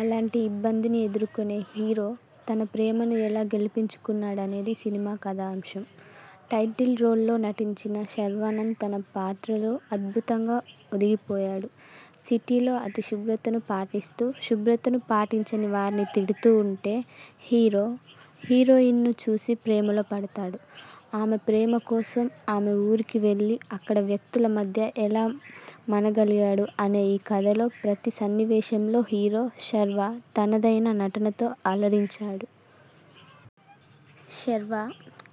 అలాంటి ఇబ్బందిని ఎదుర్కొనే హీరో, తన ప్రేమను ఎలా గెలిపించుకున్నాడనేదే సినిమా కథాంశం. టైటిల్ రోల్లో నటించిన శర్వానంద్ తన పాత్రలో అద్భుతంగా ఒదిగిపోయాడు. సిటీలో అతి శుభ్రతను పాటిస్తూ, శుభ్రతను పాటించని వారిని తిడుతూ ఉంటే హీరో, హీరోయిన్ను చూసి ప్రేమలో పడతాడు. ఆమె ప్రేమ కోసం ఆమె ఊరికి వెళ్లి, అక్కడ వ్యక్తుల మధ్య ఎలా మనగలిగాడు అనే ఈ కథలో ప్రతి సన్నివేశంలో హీరో శర్వా తనదైన నటనతో అలరించాడు. శర్వా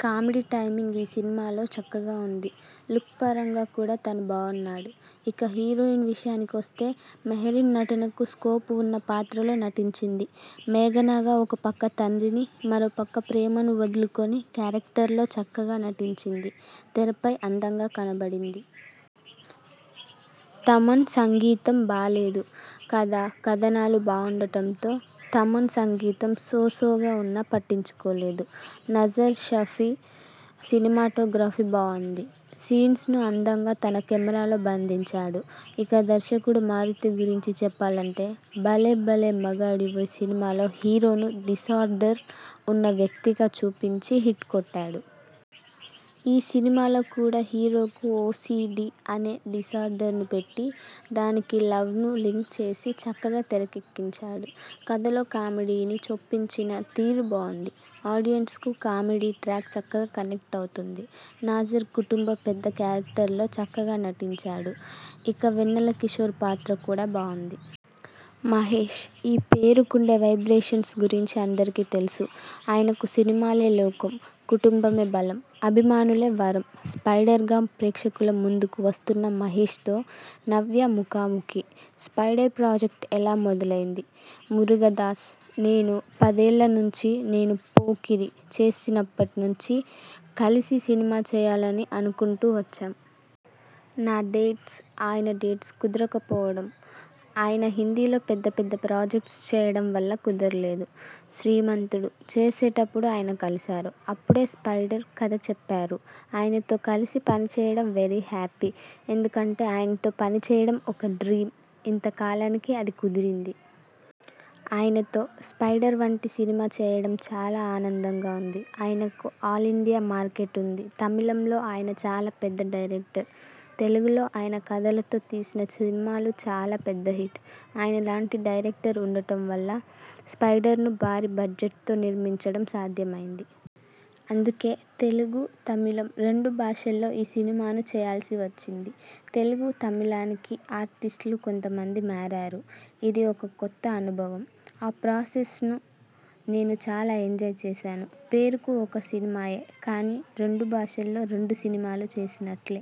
కామెడీ టైమింగ్ ఈ సినిమాలో చక్కగా ఉంది. లుక్ పరంగా కూడా తను బావున్నాడు. ఇక హీరోయిన్ విషయానికొస్తే మెహరీన్ నటనకు స్కోప్ ఉన్న పాత్రలో నటించింది. మేఘనగా ఒక పక్క తండ్రిని, మరో పక్క ప్రేమను వదులుకోని క్యారెక్టర్లో చక్కగా నటించింది. తెరపై అందంగా కనపడింది. తమన్ సంగీతం బాలేదు. కథ, కథనాలు బావుండటంతో తమన్ సంగీతం సో సోగా ఉన్నా, పట్టించుకోలేదు. నజర్ షఫీ సినిమాటోగ్రఫీ బావుంది. సీన్స్ను అందంగా తన కెమరాలో బంధించాడు. ఇక దర్శకుడు మారుతి గురించి చెప్పాలంటే భలే భలే మగాడివోయ్ సినిమాలో హీరోను డిసార్డర్ ఉన్న వ్యక్తిగా చూపించి హిట్ కొట్టాడు. ఈసినిమాలో కూడా హీరోకు ఓసీడీ అనే డిసార్డర్ను పెట్టి, దానికి లవ్ను లింక్ చేసి చక్కగా తెరకెక్కించాడు. కథలోకామెడీని చొప్పించిన తీరు బావుంది. ఆడియెన్స్కు కామెడీ ట్రాక్ చక్కగా కనెక్ట్ అవుతుంది. నాజర్ కుటుంబ పెద్ద క్యారెక్టర్లో చక్కగా నటించాడు. ఇక వెన్నెలకిషోర్ పాత్ర కూడా బావుంది. మహేశ్ ఈ పేరుకుండే వైబ్రేషన్స్ గురించి అందరికీ తెలుసు. ఆయనకు సినిమాలే లోకం. కుటుంబమే బలం. అభిమానులే వరం. 'స్పైడర్' గా ప్రేక్షకుల ముందుకు వస్తున్న మహేశ్తో 'నవ్య' ముఖాముఖి. 'స్పైడర్' ప్రాజెక్ట్ ఎలా మొదలైంది? మురుగదాస్, నేను పదేళ్ల నుంచీ నేను 'పోకిరి' చేసినప్పట్నించీ కలిసి సినిమా చేయాలని అనుకుంటూ వచ్చాం. నా డేట్స్, ఆయన డేట్స్ కుదరకపోవడం, ఆయన హిందీలో పెద్ద పెద్ద ప్రాజెక్ట్స్ చేయడం వల్ల కుదరలేదు. 'శ్రీమంతుడు' చేసేప్పుడు ఆయన కలిశారు. అప్పుడే 'స్పైడర్' కథ చెప్పారు. ఆయనతో కలిసి పనిచేయడం వెరీ హ్యాపీ. ఎందుకంటే ఆయనతో పనిచేయడం ఒక డ్రీమ్. ఇంత కాలానికి అది కుదిరింది. ఆయనతో 'స్పైడర్' వంటి సినిమా చేయడం చాలా ఆనందంగా ఉంది. ఆయనకు ఆల్ ఇండియా మార్కెట్ ఉంది. తమిళంలో ఆయన చాలా పెద్ద డైరెక్టర్. తెలుగులో ఆయన కథలతో తీసిన సినిమాలు చాలా పెద్ద హిట్. ఆయన లాంటి డైరెక్టర్ ఉండటం వల్ల 'స్పైడర్'ను భారీ బడ్జెట్తో నిర్మించడం సాధ్యమైంది. అందుకే తెలుగు, తమిళం రెండు భాషల్లో ఈ సినిమాను చేయాల్సి వచ్చింది. తెలుగు, తమిళానికి ఆర్టిస్టులు కొంత మంది మారారు. ఇది ఒక కొత్త అనుభవం. ఆ ప్రాసె్సను నేను చాలా ఎంజాయ్ చేశాను. పేరుకు ఒక సినిమాయే కానీ రెండు భాషల్లో రెండు సినిమాలు చేసినట్లే!